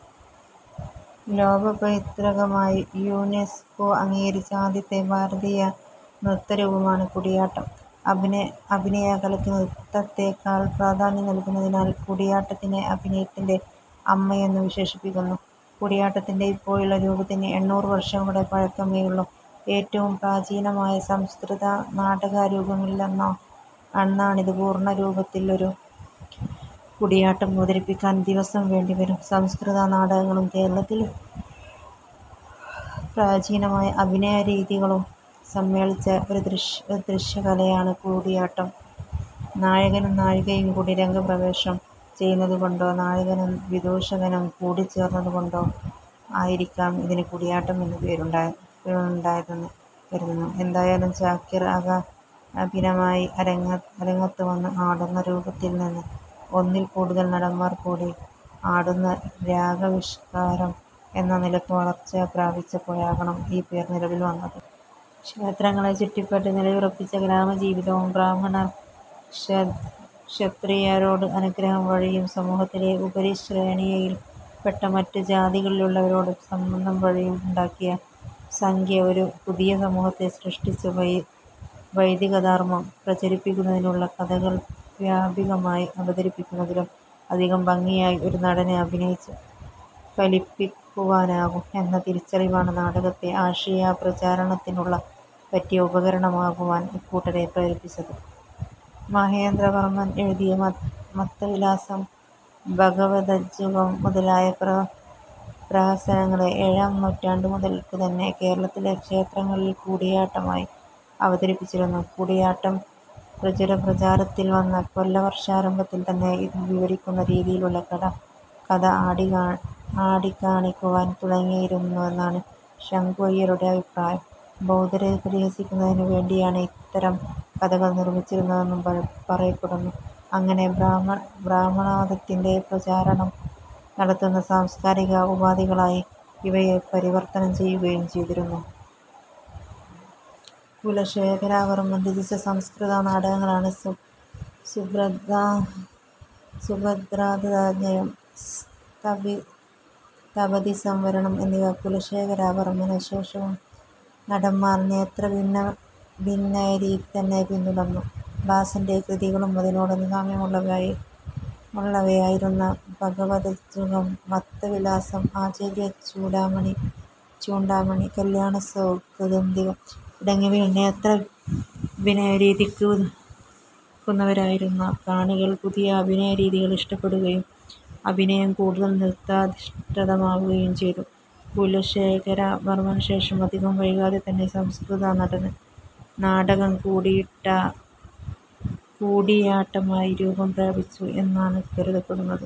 ലോകപൈതൃകമായി UNESCO അംഗീകരിച്ച ആദ്യത്തെ ഭാരതീയ നൃത്തരൂപമാണ് കൂടിയാട്ടം. അഭിനയകലയ്ക്ക് നൃത്തത്തേക്കാൾ പ്രാധാന്യം നൽകുന്നതിനാൽ കൂടിയാട്ടത്തിനെ "അഭിനയത്തിന്റെ അമ്മ" എന്നും വിശേഷിപ്പിക്കുന്നു. കൂടിയാട്ടത്തിന്റെ ഇപ്പോഴുള്ള രൂപത്തിന് എണ്ണൂറ് വർഷങ്ങളുടെ പഴക്കമേയുള്ളു. ഏറ്റവും പ്രാചീനമായ സംസ്കൃതനാടകരൂപങ്ങളിലൊന്നാണിത്. പൂർണരൂപത്തിൽ ഒരു കൂടിയാട്ടം അവതരിപ്പിക്കാൻ ദിവസം വേണ്ടിവരും. സംസ്കൃത നാടകങ്ങളും കേരളത്തിലെ പ്രാചീനമായ അഭിനയരീതികളും സമ്മേളിച്ച ഒരു ദൃശ്യകലയാണ് കൂടിയാട്ടം. നായകനും നായികയും കൂടി രംഗപ്രവേശം ചെയ്യുന്നതുകൊണ്ടോ നായകനും വിദൂഷകനും കൂടിച്ചേരുന്നതുകൊണ്ടോ ആയിരിക്കാം ഇതിന് കൂടിയാട്ടം എന്ന പേരുണ്ടായതെന്ന് കരുതുന്നു. ഏതായാലും ചാക്യാർ ഏകാഭിനയമായി അരങ്ങത്ത് വന്ന് ആടുന്ന രൂപത്തിൽനിന്ന് ഒന്നിൽ കൂടുതൽ നടന്മാർ കൂടി ആടുന്ന രംഗാവിഷ്കാരം എന്ന നിലക്കു വളർച്ച പ്രാപിച്ചപ്പോഴാകണം ഈ പേർ നിലവിൽ വന്നത്. ക്ഷേത്രങ്ങളെ ചുറ്റിപ്പറ്റി നിലയുറപ്പിച്ച ഗ്രാമജീവിതവും, ബ്രാഹ്മണർ ക്ഷത്രിയരോട് അനുഗ്രഹം വഴിയും, സമൂഹത്തിലെ ഉപരിശ്രേണിയിൽപ്പെട്ട മറ്റു ജാതികളിലുള്ളവരോട് സംബന്ധം വഴിയും ഉണ്ടാക്കിയ സഖ്യം ഒരു പുതിയ സമൂഹത്തെ സൃഷ്ടിച്ചു. വൈദികധർമ്മം പ്രചരിപ്പിക്കുന്നതിനുള്ള കഥകൾ വാചികമായി അവതരിപ്പിക്കുന്നതിലും അധികം ഭംഗിയായി ഒരു നടന് അഭിനയിച്ചു ഫലിപ്പിക്കുവാനാകും എന്ന തിരിച്ചറിവാണ് നാടകത്തെ ആശയപ്രചാരണത്തിനുള്ള പറ്റിയ ഉപകരണമാക്കുവാൻ ഇക്കൂട്ടരെ പ്രേരിപ്പിച്ചത്.. മഹേന്ദ്രവർമ്മൻ എഴുതിയ മത്തവിലാസം, ഭഗവദജ്ജുകം മുതലായ പ്രഹസനങ്ങളെ ഏഴാം നൂറ്റാണ്ടു മുതൽക്കുതന്നെ കേരളത്തിലെ ക്ഷേത്രങ്ങളിൽ കൂടിയാട്ടമായി അവതരിപ്പിച്ചിരുന്നു. കൂടിയാട്ടം പ്രചുരപ്രചാരത്തിൽ വന്ന കൊല്ലവർഷാരംഭത്തിൽതന്നെ ഇതിൽ വിവരിക്കുന്ന രീതിയിലുള്ള കഥ ആടിക്കാണിക്കുവാൻ തുടങ്ങിയിരുന്നുവെന്നാണ് ശങ്കുഅയ്യരുടെ അഭിപ്രായം. ബൗദ്ധരെ പരിഹസിക്കുന്നതിനു വേണ്ടിയാണ് ഇത്തരം കഥകൾ നിർമ്മിച്ചിരുന്നതെന്നും പറയപ്പെടുന്നു. അങ്ങനെ ബ്രാഹ്മണമതത്തിൻറെ പ്രചാരണം നടത്തുന്ന സാംസ്കാരിക ഉപാധികളായി ഇവയെ പരിവർത്തനം ചെയ്യുകയും ചെയ്തിരുന്നു. കുലശേഖരവർമ്മൻ രചിച്ച സംസ്കൃത നാടകങ്ങളാണ് സുഭദ്രാധഞ്ജയം, തപതിസംവരണംഎന്നിവ. കുലശേഖരവർമ്മനു ശേഷവും നടന്മാർ നേത്രാഭിനയരീതി തന്നെ പിന്തുടർന്നു. ഭാസന്റെ കൃതികളും, അതിനോടു സാമ്യമുള്ളവയായിരുന്ന "ഭഗവദജ്ജുകം", "മത്തവിലാസം", "ആശ്ചര്യചൂഡാമണി", "കല്ല്യാണസൗഗന്ധികം" തുടങ്ങിയവയും നേത്രാഭിനയരീതിക്ക് ഉതകുന്നവയായിരുന്നു. കാണികൾ പുതിയ അഭിനയരീതികൾ ഇഷ്ടപ്പെടുകയും അഭിനയം കൂടുതൽ നൃത്താധിഷ്ഠിതമാവുകയും ചെയ്തു. കുലശേഖരവർമ്മനുശേഷം അധികം വൈകാതെതന്നെ സംസ്കൃതനാടകം കൂടിയാട്ടമായി രൂപം പ്രാപിച്ചു എന്നാണ് കരുതപ്പെടുന്നത്.